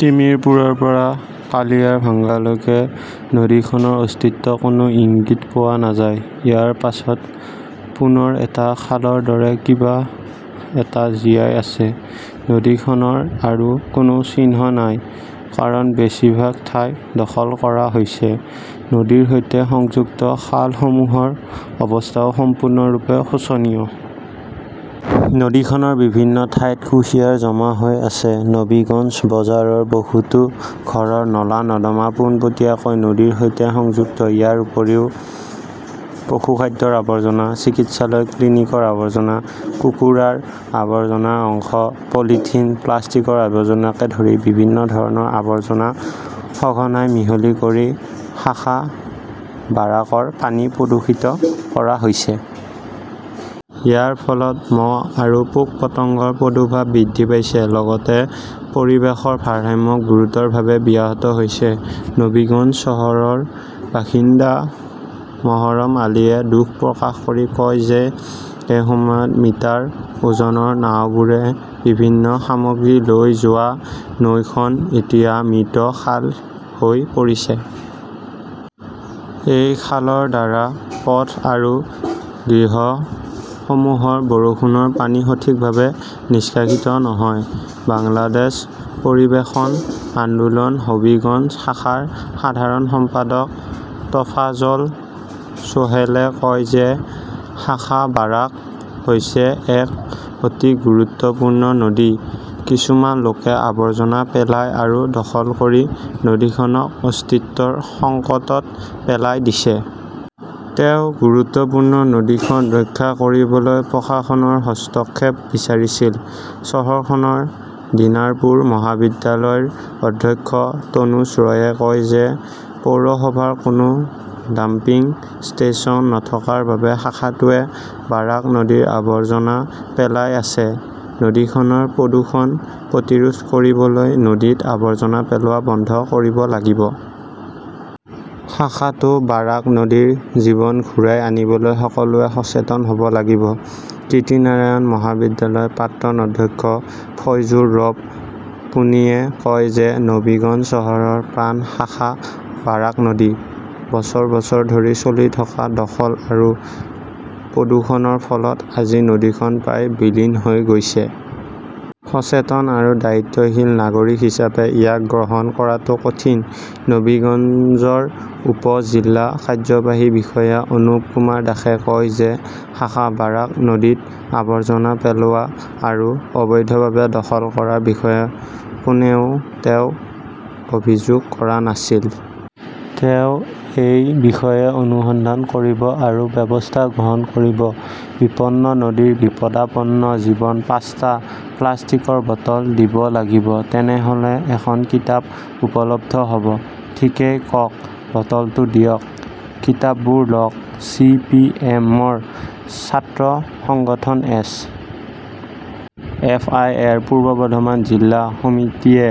তিমিৰপুৰৰ পৰা কালিয়াৰভাঙ্গালৈকে নদীখনৰ অস্তিত্বৰ কোনো ইংগিত পোৱা নাযায়। ইয়াৰ পিছত পুনৰ এটা খালৰ দৰে কিবা এটা জীয়াই আছে। নদীখনৰ আৰু কোনো চিহ্ন নাই কাৰণ বেছিভাগ ঠাই দখল কৰা হৈছে। নদীৰ সৈতে সংযুক্ত খালসমূহৰ অৱস্থাও সম্পূৰ্ণৰূপে শোচনীয়। নদীখনৰ বিভিন্ন ঠাইত কুঁহিয়াৰ জমা হৈ আছে। নবীগঞ্জ বজাৰৰ বহুতো ঘৰৰ নলা-নৰ্দমা পোনপটীয়াকৈ নদীৰ সৈতে সংযুক্ত। ইয়াৰ উপৰিও, পশুখাদ্যৰ আৱৰ্জনা, চিকিৎসালয়-ক্লিনিকৰ আৱৰ্জনা, কুকুৰাৰ আৱৰ্জনাৰ অংশ, পলিথিন, প্লাষ্টিকৰ আৱৰ্জনাকে ধৰি বিভিন্ন ধৰণৰ আৱৰ্জনা সঘনাই মিহলি কৰি শাখা বাৰাকৰ পানী প্ৰদূষিত কৰা হৈছে। ইয়াৰ ফলত মহ আৰু পোক-পতংগৰ প্ৰাদুৰ্ভাৱ বৃদ্ধি পাইছে, লগতে পৰিৱেশৰ ভাৰসাম্য গুৰুতৰভাৱে ব্যাহত হৈছে। নবীগঞ্জ চহৰৰ বাসিন্দা মৰহম আলীয়ে দুখ প্ৰকাশ কৰি কয় যে এসময়ত মিটাৰ ওজনৰ নাওবোৰে বিভিন্ন সামগ্ৰী লৈ যোৱা নদীখন এতিয়া মৃত খাল হৈ পৰিছে। এই খালৰ দ্বাৰা পথ আৰু গৃহসমূহৰ বৰষুণৰ পানী সঠিকভাৱে নিষ্কাশিত নহয়। বাংলাদেশ পৰিৱেশন আন্দোলন হবিগঞ্জ শাখাৰ সাধাৰণ সম্পাদক টফাজ্জল চোহেলে কয় যে শাখা বাৰাক হৈছে এক অতি গুৰুত্বপূৰ্ণ নদী। কিছুমান লোকে আৱৰ্জনা পেলাই আৰু দখল কৰি নদীখনক অস্তিত্বৰ সংকটত পেলাই দিছে। তেওঁ গুৰুত্বপূৰ্ণ নদীখন ৰক্ষা কৰিবলৈ প্ৰশাসনৰ হস্তক্ষেপ বিচাৰিছিল। চহৰখনৰ দিনাৰপুৰ মহাবিদ্যালয়ৰ অধ্যক্ষ তনুজ ৰয়ে কয় যে পৌৰসভাৰ কোনো ডাম্পিং ষ্টেচন নথকাৰ বাবে শাখাটোৱে বাৰাক নদীত আৱৰ্জনা পেলাই আছে। নদীখনৰ প্ৰদূষণ প্ৰতিৰোধ কৰিবলৈ নদীত আৱৰ্জনা পেলোৱা বন্ধ কৰিব লাগিব। শাখাটো বাৰাক নদীৰ জীৱন ঘূৰাই আনিবলৈ সকলোৱে সচেতন হ 'ব লাগিব। কিৰ্তিনাৰায়ণ মহাবিদ্যালয়ৰ প্ৰাক্তন অধ্যক্ষ ফয়জুৰ ৰব পোনীয়ে কয় যে নবীগঞ্জ চহৰৰ প্ৰাণ শাখা বাৰাক নদী। বছৰ বছৰ ধৰি চলি থকা দখল আৰু প্ৰদূষণৰ ফলত আজি নদীখন প্ৰায় বিলীন হৈ গৈছে। সচেতন আৰু দায়িত্বশীল নাগৰিক হিচাপে ইয়াক গ্ৰহণ কৰাটো কঠিন। নবীগঞ্জৰ উপ-জিলা কাৰ্যবাহী বিষয়া অনুপ কুমাৰ দাসে কয় যে শাখা বাৰাক নদীত আৱৰ্জনা পেলোৱা আৰু অবৈধভাৱে দখল কৰাৰ বিষয়ে কোনেও তেওঁক অভিযোগ কৰা নাছিল। তেওঁ এই বিষয়ে অনুসন্ধান কৰিব আৰু ব্যৱস্থা গ্ৰহণ কৰিব। বিপন্ন নদীৰ বিপদাপন্ন জীৱন পাঁচটা প্লাষ্টিকৰ বটল দিব লাগিব। তেনেহ’লে এখন কিতাপ উপলব্ধ হ’ব। ঠিকেই কওক-বটলটো দিয়ক, কিতাপবোৰ লওক। চি. পি. এম. ৰ ছাত্ৰ সংগঠন এছ. এফ. আই. ৰ পূৱ বৰ্ধমান জিলা সমিতিয়ে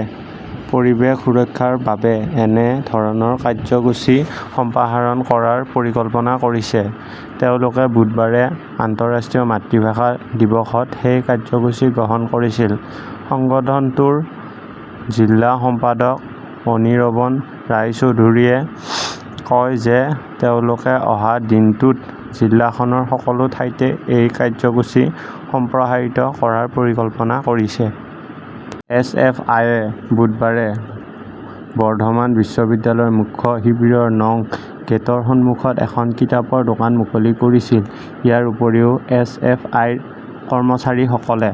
পৰিৱেশ সুৰক্ষাৰ বাবে এনে ধৰণৰ কাৰ্যসূচী সম্প্ৰসাৰণ কৰাৰ পৰিকল্পনা কৰিছে। তেওঁলোকে বুধবাৰে আন্তঃৰাষ্ট্ৰীয় মাতৃভাষা দিৱসত সেই কাৰ্যসূচী গ্ৰহণ কৰিছিল। সংগঠনটোৰ জিলা সম্পাদক অনিৰবন ৰায়চৌধৰীয়ে কয় যে তেওঁলোকে অহা দিনটোত জিলাখনৰ সকলো ঠাইতে এই কাৰ্যসূচী সম্প্ৰসাৰিত কৰাৰ পৰিকল্পনা কৰিছে। এছ. এফ. আই. য়ে বুধবাৰে বৰ্ধমান বিশ্ববিদ্যালয়ৰ মুখ্য শিবিৰৰ নং গেটৰ সন্মুখত এখন কিতাপৰ দোকান মুকলি কৰিছিল। ইয়াৰ উপৰিও, এছ. এফ. আই. ৰ কৰ্মচাৰীসকলে